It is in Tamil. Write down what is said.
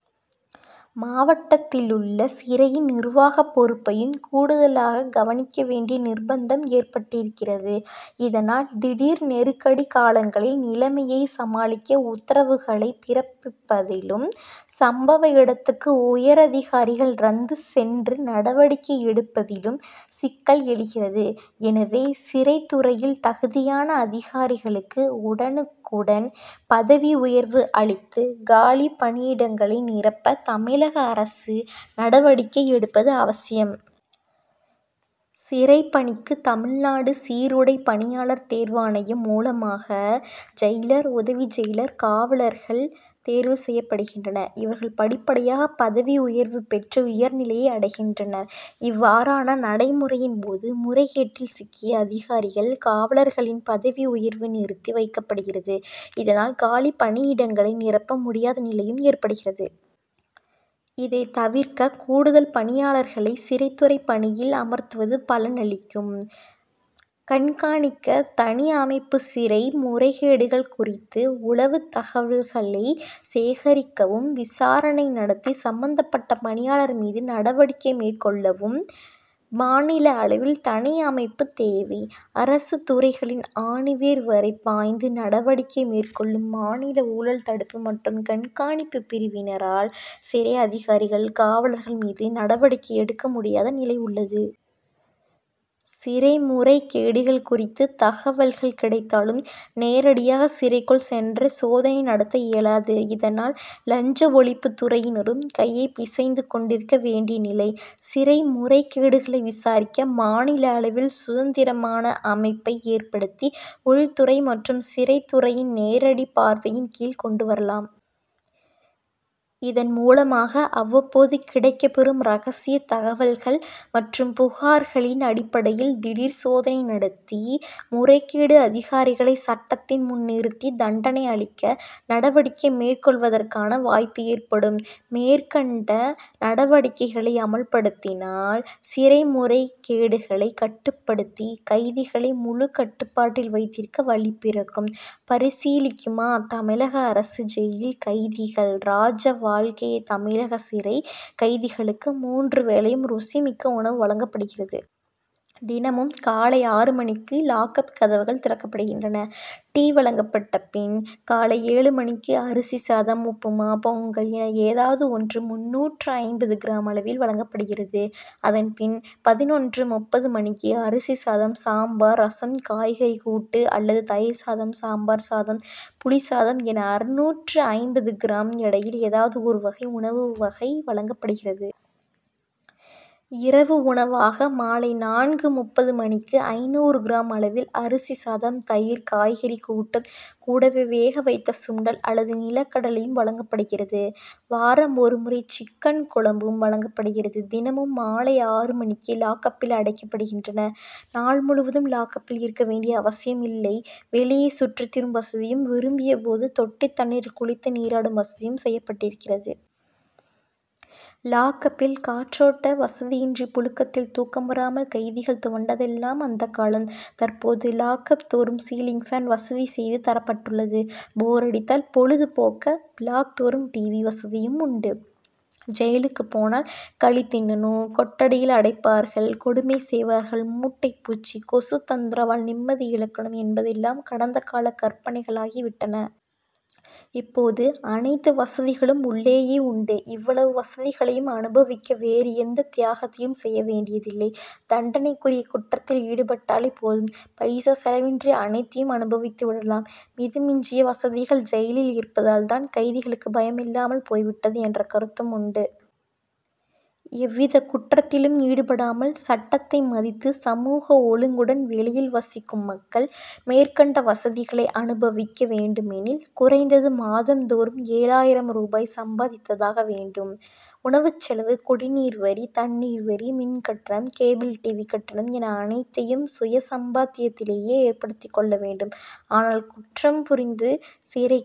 மாவட்டத்திலுள்ள சிறையின் நிர்வாக பொறுப்பையும் கூடுதலாக கவனிக்க வேண்டிய நிர்பந்தம் ஏற்பட்டிருக்கிறது. இதனால், திடீர் நெருக்கடி காலங்களில் நிலைமையை சமாளிக்க உத்தரவுகளை பிறப்பிப்பதிலும், சம்பவ இடத்துக்கு உயரதிகாரிகள் ரந்து சென்று நடவடிக்கை எடுப்பதிலும் சிக்கல் எழுகிறது. எனவே, சிறைத்துறையில் தகுதியான அதிகாரிகளுக்கு உடனுக்குடன் பதவி உயர்வு அளித்து, காலி பணியிடங்களை நிரப்ப தமிழக அரசு நடவடிக்கை எடுப்பது அவசியம். சிறை பணிக்கு, தமிழ்நாடு சீருடை பணியாளர் தேர்வாணையம் மூலமாக ஜெயிலர், உதவி ஜெயிலர், காவலர்கள் தேர்வு செய்யப்படுகின்றனர். இவர்கள் படிப்படியாக பதவி உயர்வு பெற்று உயர்நிலையை அடைகின்றனர். இவ்வாறான நடைமுறையின் போது முறைகேட்டில் சிக்கிய அதிகாரிகள், காவலர்களின் பதவி உயர்வு நிறுத்தி வைக்கப்படுகிறது. இதனால், காலி பணியிடங்களை நிரப்ப முடியாத நிலையும் ஏற்படுகிறது. இதை தவிர்க்க, கூடுதல் பணியாளர்களை சிறைத்துறை பணியில் அமர்த்துவது பலனளிக்கும். கண்காணிக்க தனி அமைப்பு சிறை முறைகேடுகள் குறித்த உளவுத்தகவல்களை சேகரிக்கவும், விசாரணை நடத்தி சம்மந்தப்பட்ட பணியாளர் மீது நடவடிக்கை மேற்கொள்ளவும் மாநில அளவில் தனி அமைப்பு தேவை. அரசுத்துறைகளின் ஆணிவேர் வரை பாய்ந்து நடவடிக்கை மேற்கொள்ளும் மாநில ஊழல் தடுப்பு மற்றும் கண்காணிப்பு பிரிவினரால், சிறை அதிகாரிகள், காவலர்கள் மீது நடவடிக்கை எடுக்க முடியாத நிலை உள்ளது. சிறைமுறைகேடுகள் குறித்து தகவல்கள் கிடைத்தாலும், நேரடியாக சிறைக்குள் சென்று சோதனை நடத்தஇயலாது. இதனால், லஞ்ச ஒழிப்பு துறையினரும் கையை பிசைந்து கொண்டிருக்க வேண்டிய நிலை. சிறை முறைகேடுகளை விசாரிக்க மாநில அளவில் சுதந்திரமான அமைப்பை ஏற்படுத்தி, உள்துறை மற்றும் சிறைத்துறையின் நேரடி பார்வையின் கீழ் கொண்டுவரலாம். இதன் மூலமாக, அவ்வப்போது கிடைக்கப்பெறும் ரகசிய தகவல்கள் மற்றும் புகார்களின் அடிப்படையில் திடீர் சோதனை நடத்தி, முறைகேடு அதிகாரிகளை சட்டத்தின் முன் நிறுத்தி தண்டனை அளிக்க நடவடிக்கை மேற்கொள்வதற்கான வாய்ப்பு ஏற்படும். மேற்கண்ட நடவடிக்கைகளை அமல்படுத்தினால், சிறை முறைகேடுகளை கட்டுப்படுத்தி, கைதிகளை முழு கட்டுப்பாட்டில் வைத்திருக்க வழி பிறக்கும்; பரிசீலிக்குமா தமிழக அரசு ஜெயிலில் கைதிகள், ராஜ வாழ்க்கை தமிழக சிறை கைதிகளுக்கு மூன்று வேளையும் ருசி மிக்க உணவு வழங்கப்படுகிறது. தினமும் காலை ஆறு மணிக்கு லாக்கப்' கதவுகள் திறக்கப்படுகின்றன. டீ வழங்கப்பட்ட பின் காலை ஏழு மணிக்கு அரிசி சாதம், உப்புமா, பொங்கல் என ஏதாவது ஒன்று முன்னூற்று ஐம்பது கிராம் அளவில் வழங்கப்படுகிறது. அதன் பின், பதினொன்று.முப்பது மணிக்கு அரிசி சாதம், சாம்பார், ரசம், காய்கறி கூட்டு அல்லது தயிர் சாதம், சாம்பார் சாதம், புளிசாதம் என அறுநூற்று ஐம்பது கிராம் எடையில் ஏதாவது ஒரு வகை உணவு வகை வழங்கப்படுகிறது. இரவு உணவாக, மாலை நான்கு.முப்பது மணிக்கு ஐநூறு கிராம் அளவில் அரிசி சாதம், தயிர், காய்கறி கூட்டும், கூடவே வேக வைத்த சுண்டல் அல்லது நிலக்கடலையும் வழங்கப்படுகிறது. வாரம் ஒரு முறை சிக்கன் குழம்பும் வழங்கப்படுகிறது. தினமும் மாலை ஆறு மணிக்கு லாக்கப்பில் அடைக்கப்படுகின்றனர். நாள் முழுவதும் லாக்கப்பில் இருக்க வேண்டிய அவசியமில்லை வெளியே சுற்றித்திரியும் வசதியும், விரும்பிய போது தொட்டி தண்ணீரில் குளித்து நீராடும் வசதியும் செய்யப்பட்டிருக்கிறது. லாக்கப்'பில் காற்றோட்ட வசதியின்றி புழுக்கத்தில் தூக்கம் வராமல் கைதிகள் துவண்டதெல்லாம் அந்தக்காலம். தற்போது, லாக்கப் தோறும் சீலிங் பேன்' வசதி செய்து தரப்பட்டுள்ளது. போர் அடித்தால்' பொழுது போக்க பிளாக்' தோறும் டிவி' வசதியும் உண்டு. ஜெயிலுக்கு போனால் களி திண்ணனும்; கொட்டடியில் அடைப்பார்கள்; கொடுமை செய்வார்கள்; மூட்டைப்பூச்சி, கொசு தொந்தரவால் நிம்மதியிழக்கனும்' என்பதெல்லாம் கடந்தகால கற்பனைகளாகிவிட்டன. இப்போது, அனைத்து வசதிகளும் உள்ளேயே உண்டு. இவ்வளவு வசதிகளையும் அனுபவிக்க வேறு எந்த தியாகத்தையும் செய்ய வேண்டியதில்லை; தண்டனைக்குரிய குற்றத்தில் ஈடுபட்டாலே போதும், பைசா செலவின்றி அனைத்தையும் அனுபவித்து விடலாம். மித மிஞ்சிய வசதிகள் ஜெயிலில் இருப்பதால் தான், கைதிகளுக்கு பயமில்லாமல் போய் விட்டது' என்ற கருத்தும் உண்டு. எவ்வித குற்றத்திலும் ஈடுபடாமல், சட்டத்தை மதித்து சமூக ஒழுங்குடன் வெளியில் வசிக்கும் மக்கள், மேற்கண்ட வசதிகளை அனுபவிக்க வேண்டுமெனில், குறைந்தது மாதம்தோறும் ஏழாயிரம் ரூபாய் சம்பாதித்தாக வேண்டும். உணவுச்செலவு, குடிநீர் வரி, தண்ணீர் வரி, மின் கட்டணம், கேபிள் டிவி' கட்டணம் என அனைத்தையும் சுய சம்பாத்தியத்திலேயே ஏற்படுத்திக் கொள்ள வேண்டும். ஆனால், குற்றம் புரிந்து சிறைக்கு